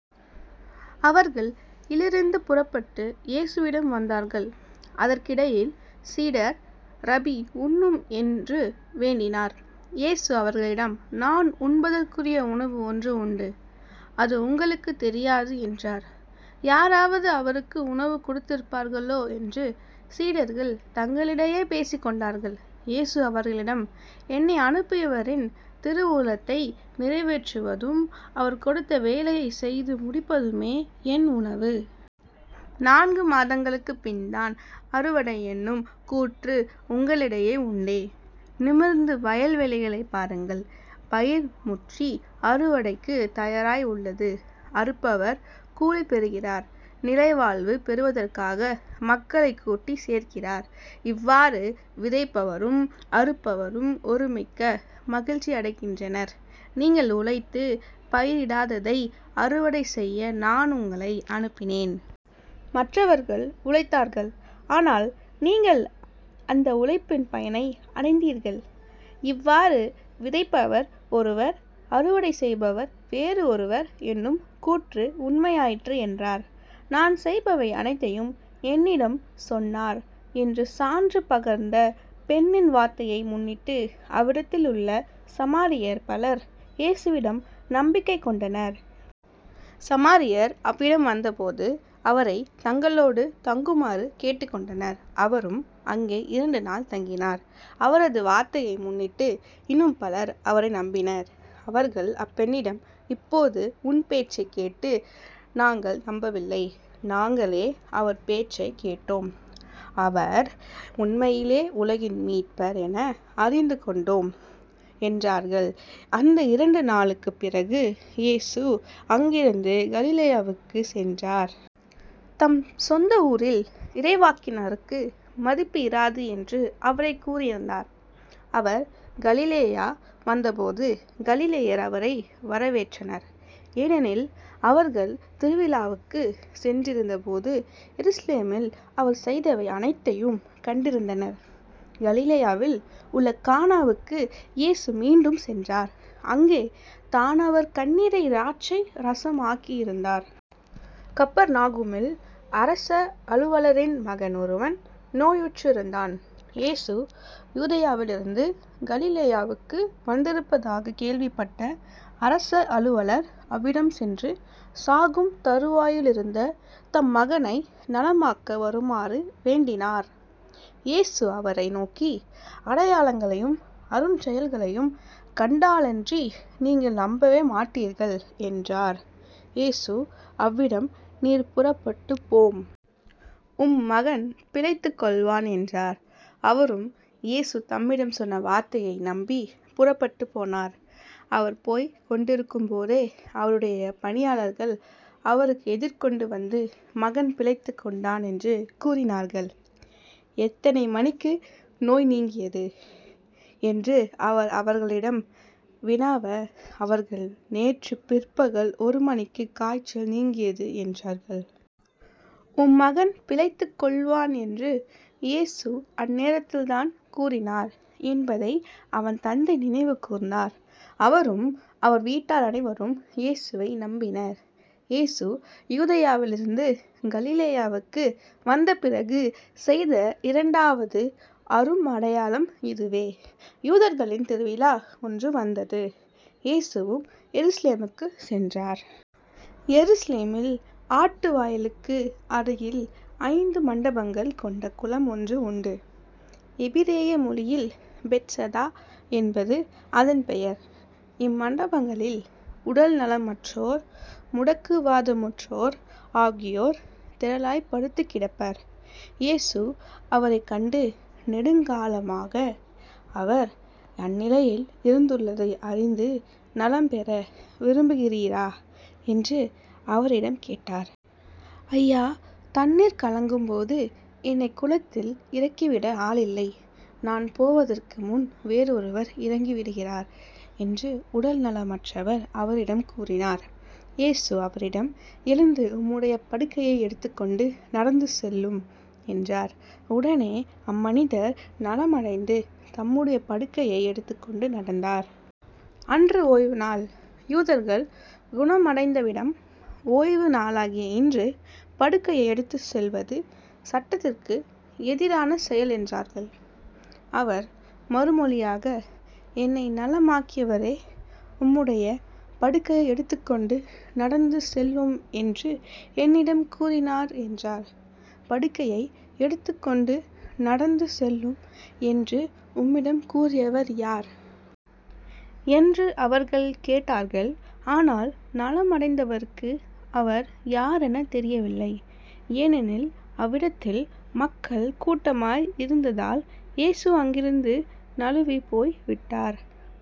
அவர்கள் இலிருந்து புறப்பட்டு இயேசுவிடம் வந்தார்கள். அதற்கிடையில் சீடர் ரபி உண்ணும் என்று வேண்டினர். இயேசு அவர்களிடம் நான் உண்பதற்குரிய உணவு ஒன்று உண்டு. அது உங்களுக்குத் தெரியாது என்றார். யாராவது அவருக்கு உணவு கொடுத்திருப்பார்களோ என்று சீடர்கள் தங்களிடையே பேசிக்கொண்டார்கள். இயேசு அவர்களிடம் என்னை அனுப்பியவரின் திருவுளத்தை நிறைவேற்றுவதும் அவர் கொடுத்த வேலையைச் செய்து முடிப்பதுமே என் உணவு. நான்கு மாதங்களுக்குப் பின்தான் அறுவடை என்னும் கூற்று உங்களிடையே உண்டே. நிமிர்ந்து வயல்வெளிகளைப் பாருங்கள். பயிர் முற்றி அறுவடைக்குத் தயாராய் உள்ளது. அறுப்பவர் கூலி பெறுகிறார் நிலைவாழ்வு பெறுவதற்காக மக்களைக் கூட்டிச் சேர்க்கிறார். இவ்வாறு விதைப்பவரும் அறுப்பவரும் ஒருமிக்க மகிழ்ச்சியடைகின்றனர். நீங்கள் உழைத்துப் பயிரிடாததை அறுவடை செய்ய நான் உங்களை அனுப்பினேன். மற்றவர்கள் உழைத்தார்கள் ஆனால் நீங்கள் அந்த உழைப்பின் பயனை அடைந்தீர்கள். இவ்வாறு விதைப்பவர் ஒருவர் அறுவடை செய்பவர் வேறு ஒருவர் என்னும் கூற்று உண்மையாயிற்று என்றார். நான் செய்பவை அனைத்தையும் என்னிடம் சொன்னார் என்று சான்று பகர்ந்த பெண்ணின் வார்த்தையை முன்னிட்டு அவ்விடத்திலுள்ள சமாரியர் பலர் இயேசுவிடம் நம்பிக்கை கொண்டனர். சமாரியர் அவ்விடம் வந்தபோது அவரைத் தங்களோடு தங்குமாறு கேட்டுக்கொண்டனர். அவரும் அங்கே இரண்டு நாள் தங்கினார். அவரது வார்த்தையை முன்னிட்டு இன்னும் பலர் அவரை நம்பினர். அவர்கள் அப்பெண்ணிடம் இப்போது உன் பேச்சைக் கேட்டு நாங்கள் நம்பவில்லை நாங்களே அவர் பேச்சைக் கேட்டோம். ஆவர் உண்மையிலே உலகின் மீட்பர் என அறிந்து கொண்டோம் என்றார்கள் அந்த இரண்டு நாளுக்கு பிறகு இயேசு அங்கிருந்து கலிலேயாவுக்குச் சென்றார். தம் சொந்த ஊரில் இறைவாக்கினருக்கு மதிப்பு இராது என்று அவரே கூறியிருந்தார். அவர் கலிலேயா வந்தபோது கலிலேயர் அவரை வரவேற்றனர். ஏனெனில் அவர்கள் திருவிழாவுக்குச் சென்றிருந்த போது எருசலேமில் அவர் செய்தவை அனைத்தையும் கண்டிருந்தனர். கலிலேயாவில் உள்ள கானாவுக்கு இயேசு மீண்டும் சென்றார். அங்கே தான் அவர் கண்ணீரைத் ராட்சை இரசம் ஆக்கியிருந்தார். கப்பர்நாகுமில் அரச அலுவலரின் மகன் ஒருவன் நோயுற்றிருந்தான். இயேசு யூதேயாவிலிருந்து கலிலேயாவுக்கு வந்திருப்பதாகக் கேள்விப்பட்ட அரச அலுவலர் அவ்விடம் சென்று சாகும் தறுவாயிலிருந்த தம் மகனை நலமாக்க வருமாறு வேண்டினார். இயேசு அவரை நோக்கி அடையாளங்களையும் அருஞ்செயல்களையும் கண்டாலன்றி நீங்கள் நம்பவே மாட்டீர்கள். என்றார். இயேசு அவ்விடம் நீர் புறப்பட்டுப்போம். உம் மகன் பிழைத்துக் கொள்வான் என்றார். அவரும் இயேசு தம்மிடம் சொன்ன வார்த்தையை நம்பிப் புறப்பட்டுப் போனார். அவர் போய்க் கொண்டிருக்கும் போதே அவருடைய பணியாளர்கள் அவருக்கு எதிர்கொண்டுவந்து மகன் பிழைத்துக் கொண்டான் என்று கூறினார்கள். எத்தனை மணிக்கு நோய் நீங்கியது? என்று அவர் அவர்களிடம் வினவ அவர்கள் நேற்றுப் பிற்பகல் ஒருமணிக்கு காய்ச்சல் நீங்கியது என்றார்கள். உம் மகன் பிழைத்துக் கொள்வான் என்று இயேசு அந்நேரத்தில்தான் கூறினார் என்பதை அவன் தந்தை நினைவுகூர்ந்தார். அவரும் அவர் வீட்டார் அனைவரும் இயேசுவை நம்பினர். இயேசு யூதேயாவிலிருந்து கலிலேயாவுக்கு வந்தபிறகு செய்த இரண்டாவது அரும் அடையாளம் இதுவே. யூதர்களின் திருவிழா ஒன்று வந்தது. இயேசு எருசலேமுக்குச் சென்றார். எருசலேமில் ஆட்டு வாயிலுக்கு அருகில் ஐந்து மண்டபங்கள் கொண்ட குளம் ஒன்று உண்டு. எபிரேய மொழியில் பெத்சதா என்பது அதன் பெயர். இம்மண்டபங்களில் உடல்நலமற்றோர் முடக்குவாதமுற்றோர் ஆகியோர் திரளாய்ப்படுத்துக்கிடப்பர். இயேசு அவரைக் கண்டு நெடுங்காலமாக அவர் அந்நிலையில் இருந்துள்ளதை அறிந்துநலம்பெற விரும்புகிறீரா? என்று அவரிடம் கேட்டார். ஐயா தண்ணீர் கலங்கும் போது என்னைக் குளத்தில் இறக்கிவிட ஆள் இல்லை. நான் போவதற்கு முன் வேறு ஒருவர் இறங்கிவிடுகிறார் என்று உடல் நலமற்றவர் அவரிடம் கூறினார். இயேசு அவரிடம் எழுந்து உம்முடைய படுக்கையை எடுத்துக் கொண்டு நடந்து செல்லும் என்றார். உடனே அம்மனிதர் நலமடைந்து தம்முடைய படுக்கையை எடுத்துக் கொண்டு நடந்தார். அன்று ஓய்வு நாள். யூதர்கள் குணமடைந்தவிடம் ஓய்வு நாளாகிய இன்று படுக்கையை எடுத்துச் செல்வது சட்டத்திற்கு எதிரான செயல் என்றார்கள். அவர் மறுமொழியாக என்னை நலமாக்கியவரே உம்முடைய படுக்கையை எடுத்துக்கொண்டு நடந்துசெல்லும் என்று என்னிடம் கூறினார் என்றார். படுக்கையை எடுத்துக் கொண்டு நடந்து செல்லும் என்று உம்மிடம் கூறியவர் யார்? என்று அவர்கள் கேட்டார்கள். ஆனால் நலமடைந்தவருக்கு அவர் யாரெனத் தெரியவில்லை. ஏனெனில் அவ்விடத்தில் மக்கள் கூட்டமாய் இருந்ததால் இயேசு அங்கிருந்து நழுவிப் போய் விட்டார்.